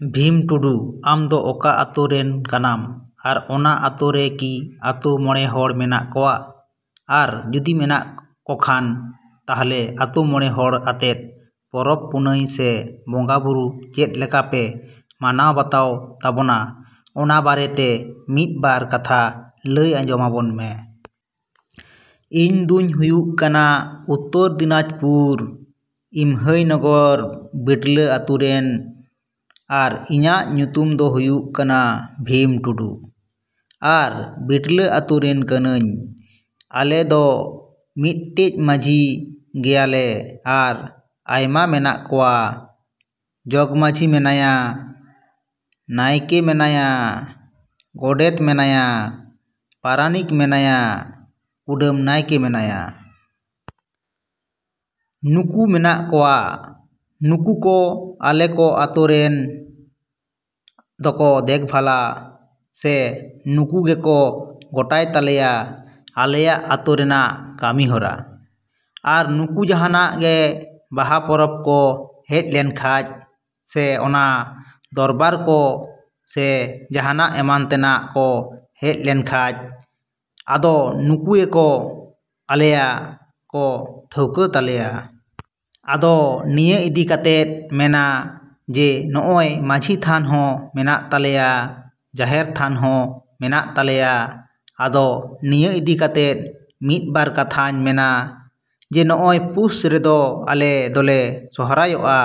ᱵᱷᱤᱢ ᱴᱩᱰᱩ, ᱟᱢᱫᱚ ᱚᱠᱟ ᱟᱛᱳ ᱨᱮᱱ ᱠᱟᱱᱟᱢ ᱟᱨ ᱚᱱᱟ ᱟᱛᱳ ᱨᱮ ᱠᱤ ᱟᱛᱳ ᱢᱚᱬᱮ ᱦᱚᱲ ᱢᱮᱱᱟᱜ ᱠᱚᱣᱟ? ᱟᱨ ᱡᱩᱫᱤ ᱢᱮᱱᱟᱜ ᱠᱚᱠᱷᱟᱱ ᱛᱟᱦᱞᱮ ᱟᱛᱳ ᱢᱚᱬᱮ ᱦᱚᱲ ᱟᱛᱮᱫ ᱯᱚᱨᱚᱵᱽ ᱯᱩᱱᱟᱹᱭ ᱥᱮ ᱵᱚᱸᱜᱟᱼᱵᱩᱨᱩ ᱪᱮᱫ ᱞᱮᱠᱟᱯᱮ ᱢᱟᱱᱟᱣ ᱵᱟᱛᱟᱣ ᱛᱟᱵᱚᱱᱟ ᱚᱱᱟ ᱵᱟᱨᱮᱛᱮ ᱢᱤᱫ ᱵᱟᱨ ᱠᱟᱛᱷᱟ ᱞᱟᱹᱭ ᱟᱸᱡᱚᱢ ᱟᱵᱚᱱ ᱢᱮ᱾ ᱤᱧ ᱫᱩᱧ ᱦᱩᱭᱩᱜ ᱠᱟᱱᱟ ᱩᱛᱛᱚᱨ ᱫᱤᱱᱟᱡᱽᱯᱩᱨ ᱤᱢᱦᱟᱹᱭᱱᱚᱜᱚᱨ ᱵᱤᱴᱞᱟ ᱟᱛᱳ ᱨᱮᱱ ᱟᱨ ᱤᱧᱟᱹᱜ ᱧᱩᱛᱩᱢ ᱫᱚ ᱦᱩᱭᱩᱜ ᱠᱟᱱᱟ ᱵᱷᱤᱢ ᱴᱩᱰᱩ᱾ ᱟᱨ ᱵᱤᱴᱞᱟ ᱟᱛᱳ ᱨᱮᱱ ᱠᱟᱹᱱᱟᱹᱧ᱾ ᱟᱞᱮ ᱫᱚ ᱢᱤᱫᱴᱮᱡ ᱢᱟᱹᱡᱷᱤ ᱜᱮᱭᱟᱞᱮ ᱟᱨ ᱟᱭᱢᱟ ᱢᱮᱱᱟᱜ ᱠᱚᱣᱟ, ᱡᱚᱜᱽ ᱢᱟᱹᱡᱷᱤ ᱢᱮᱱᱟᱭᱟ, ᱱᱟᱭᱠᱮ ᱢᱮᱱᱟᱭᱟ, ᱜᱳᱰᱮᱛ ᱢᱮᱱᱟᱭᱟ, ᱯᱟᱨᱟᱱᱤᱠ ᱢᱮᱱᱟᱭᱟ, ᱠᱩᱰᱟᱹᱢ ᱱᱟᱭᱠᱮ ᱢᱮᱱᱟᱭᱟ᱾ ᱩᱱᱠᱩ ᱢᱮᱱᱟᱜ ᱠᱚᱣᱟ᱾ ᱱᱩᱠᱩ ᱠᱚ ᱟᱞᱮ ᱠᱚ ᱟᱛᱳ ᱨᱮᱱ ᱫᱚᱠᱚ ᱫᱮᱠᱷᱵᱷᱟᱞᱟ ᱥᱮ ᱩᱱᱠᱩ ᱜᱮᱠᱚ ᱜᱳᱴᱟᱭ ᱛᱟᱞᱮᱭᱟ ᱟᱞᱮᱭᱟᱜ ᱟᱛᱳ ᱨᱮᱱᱟᱜ ᱠᱟᱹᱢᱤᱦᱚᱨᱟ᱾ ᱟᱨ ᱩᱱᱠᱩ ᱡᱟᱦᱟᱱᱟᱜ ᱜᱮ ᱵᱟᱦᱟ ᱯᱚᱨᱚᱵᱽ ᱠᱚ ᱦᱮᱡ ᱞᱮᱱᱠᱷᱟᱡ ᱥᱮ ᱚᱱᱟ ᱫᱚᱨᱵᱟᱨ ᱠᱚ ᱥᱮ ᱡᱟᱦᱟᱱᱟᱜ ᱮᱢᱟᱱ ᱛᱮᱱᱟᱜ ᱠᱚ ᱦᱮᱡ ᱞᱮᱱᱠᱷᱟᱡ ᱟᱫᱚ ᱩᱱᱠᱩ ᱜᱮᱠᱚ ᱟᱞᱮᱭᱟᱜ ᱠᱚ ᱴᱷᱟᱹᱣᱠᱟᱹ ᱛᱟᱞᱮᱭᱟ᱾ ᱟᱫᱚ ᱱᱤᱭᱟᱹ ᱤᱫᱤ ᱠᱟᱛᱮᱫ ᱢᱮᱱᱟ, ᱪᱮᱫ ᱱᱚᱜᱼᱚᱭ ᱢᱟᱹᱡᱷᱤ ᱛᱷᱟᱱ ᱦᱚᱸ ᱢᱮᱱᱟᱜ ᱛᱟᱞᱮᱭᱟ, ᱡᱟᱦᱮᱨ ᱛᱷᱟᱱ ᱦᱚᱸ ᱢᱮᱱᱟᱜ ᱛᱟᱞᱮᱭᱟ᱾ ᱟᱫᱚ ᱱᱤᱭᱟᱹ ᱤᱫᱤ ᱠᱟᱛᱮᱫ ᱢᱤᱫ ᱵᱟᱨ ᱠᱟᱛᱷᱟᱧ ᱢᱮᱱᱟ ᱡᱮ ᱱᱚᱜᱼᱚᱭ ᱯᱩᱥ ᱨᱮᱫᱚ ᱟᱞᱮ ᱫᱚᱞᱮ ᱥᱚᱨᱦᱟᱭᱚᱜᱼᱟ᱾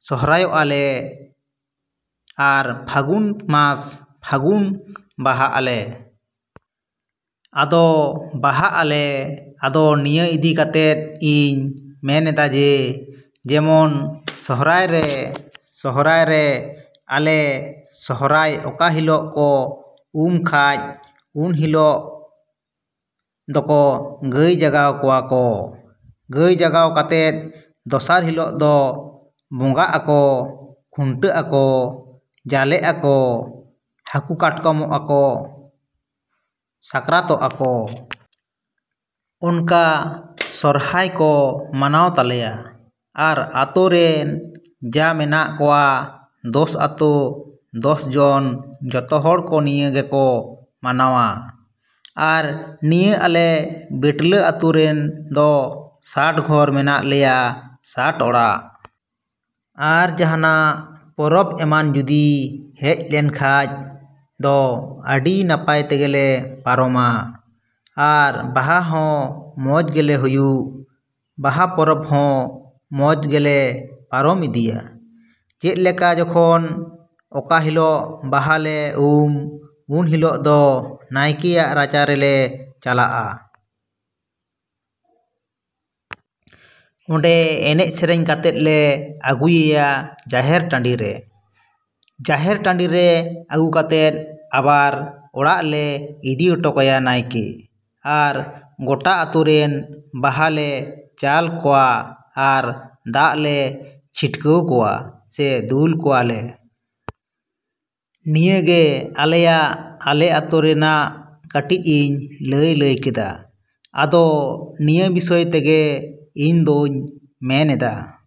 ᱥᱚᱨᱦᱟᱭᱚᱜᱼᱟ ᱞᱮ ᱟᱨ ᱯᱷᱟᱹᱜᱩᱱ ᱢᱟᱥ, ᱯᱷᱟᱹᱜᱩᱱ ᱵᱟᱦᱟᱜ ᱟᱞᱮ᱾ ᱟᱫᱚ ᱵᱟᱦᱟᱜ ᱟᱞᱮ ᱟᱫᱚ ᱱᱤᱭᱟᱹ ᱤᱫᱤ ᱠᱟᱛᱮᱫ ᱤᱧ ᱢᱮᱱ ᱮᱫᱟ ᱡᱮ ᱡᱮᱢᱚᱱ ᱥᱚᱨᱦᱟᱭ ᱨᱮ, ᱥᱚᱨᱦᱟᱭ ᱨᱮ ᱟᱞᱮ ᱥᱚᱨᱦᱟᱭ ᱚᱠᱟ ᱦᱤᱞᱳᱜ ᱠᱚ ᱩᱢ ᱠᱷᱟᱡ ᱩᱱ ᱦᱤᱞᱳᱜ ᱫᱚᱠᱚ ᱜᱟᱹᱭ ᱡᱟᱜᱟᱣ ᱠᱚᱣᱟ ᱠᱚ᱾ ᱜᱟᱹᱭ ᱡᱟᱜᱟᱣ ᱠᱟᱛᱮᱫ ᱫᱚᱥᱟᱨ ᱦᱤᱞᱟᱹᱜ ᱫᱚ ᱵᱚᱸᱜᱟᱸᱜ ᱟᱠᱚ, ᱠᱷᱩᱱᱴᱟᱹᱜ ᱟᱠᱚ, ᱡᱟᱞᱮᱜ ᱟᱠᱚ, ᱦᱟᱹᱠᱩ ᱠᱟᱴᱠᱚᱢᱚᱜᱼᱟ ᱠᱚ, ᱥᱟᱠᱨᱟᱛᱚᱜᱼᱟ ᱠᱚ᱾ ᱚᱱᱠᱟ ᱥᱚᱨᱦᱟᱭ ᱠᱚ ᱢᱟᱱᱟᱣ ᱛᱟᱞᱮᱭᱟ᱾ ᱟᱨ ᱟᱛᱳ ᱨᱮᱱ ᱡᱟ ᱢᱮᱱᱟᱜ ᱠᱚᱣᱟ ᱫᱚᱥ ᱟᱛᱳ ᱫᱚᱥ ᱡᱚᱱ ᱡᱚᱛᱚᱦᱚᱲ ᱠᱚ ᱱᱤᱭᱟᱹ ᱜᱮᱠᱚ ᱢᱟᱱᱟᱣᱟ᱾ ᱟᱨ ᱱᱤᱭᱟᱹ ᱟᱞᱮ ᱵᱤᱴᱞᱟ ᱟᱛᱳ ᱨᱮᱱ ᱫᱚ ᱥᱟᱴ ᱜᱷᱚᱨ ᱢᱮᱱᱟᱜ ᱞᱮᱭᱟ, ᱥᱟᱴ ᱚᱲᱟᱜ᱾ ᱟᱨ ᱡᱟᱦᱟᱱᱟᱜ ᱯᱚᱨᱚᱵᱽ ᱮᱢᱟᱱ ᱡᱩᱫᱤ ᱦᱮᱡ ᱞᱮᱱᱠᱷᱟᱡ ᱫᱚ ᱟᱹᱰᱤ ᱱᱟᱯᱟᱭ ᱛᱮᱜᱮᱞᱮ ᱯᱟᱨᱚᱢᱟ᱾ ᱟᱨ ᱵᱟᱦᱟ ᱦᱚᱸ ᱢᱚᱡᱽ ᱜᱮᱞᱮ ᱦᱩᱭᱩᱜ, ᱵᱟᱦᱟ ᱯᱚᱨᱚᱵᱽ ᱦᱚᱸ ᱢᱚᱡᱽ ᱜᱮᱞᱮ ᱯᱟᱨᱚᱢ ᱤᱫᱤᱭᱟ᱾ ᱪᱮᱫ ᱞᱮᱠᱟ ᱡᱚᱠᱷᱚᱱ ᱚᱠᱟ ᱦᱤᱞᱳᱜ ᱵᱟᱦᱟ ᱞᱮ ᱩᱢ ᱩᱱ ᱦᱤᱞᱳᱜ ᱫᱚ ᱱᱟᱭᱠᱮᱭᱟᱜ ᱨᱟᱪᱟ ᱨᱮᱞᱮ ᱪᱟᱞᱟᱜᱼᱟ᱾ ᱚᱸᱰᱮ ᱮᱱᱮᱡᱼᱥᱮᱨᱮᱧ ᱠᱟᱛᱮᱫ ᱞᱮ ᱟᱹᱜᱩᱭ ᱮᱭᱟ ᱡᱟᱦᱮᱨ ᱴᱟᱺᱰᱤ ᱨᱮ᱾ ᱡᱟᱦᱮᱨ ᱴᱟᱺᱰᱤ ᱨᱮ ᱟᱹᱜᱩ ᱠᱟᱛᱮᱫ ᱟᱵᱟᱨ ᱚᱲᱟᱜ ᱞᱮ ᱤᱫᱤ ᱚᱴᱚ ᱠᱟᱭᱟ ᱱᱟᱭᱠᱮ᱾ ᱟᱨ ᱜᱳᱴᱟ ᱟᱛᱳ ᱨᱮᱱ ᱵᱟᱦᱟ ᱞᱮ ᱪᱟᱞ ᱠᱚᱣᱟ ᱟᱨ ᱫᱟᱜ ᱞᱮ ᱪᱷᱤᱴᱠᱟᱹᱣ ᱠᱚᱣᱟ ᱥᱮ ᱫᱩᱞ ᱠᱚᱣᱟᱞᱮ᱾ ᱱᱤᱭᱟᱹ ᱜᱮ ᱟᱞᱮᱭᱟᱜ ᱟᱞᱮ ᱟᱛᱳ ᱨᱮᱱᱟᱜ ᱠᱟᱹᱴᱤᱡ ᱤᱧ ᱞᱟᱹᱭ ᱞᱟᱹᱭ ᱠᱮᱫᱟ᱾ ᱟᱫᱚ ᱱᱤᱭᱟᱹ ᱵᱤᱥᱚᱭ ᱛᱮᱜᱮ ᱤᱧ ᱫᱚᱧ ᱢᱮᱱ ᱮᱫᱟ᱾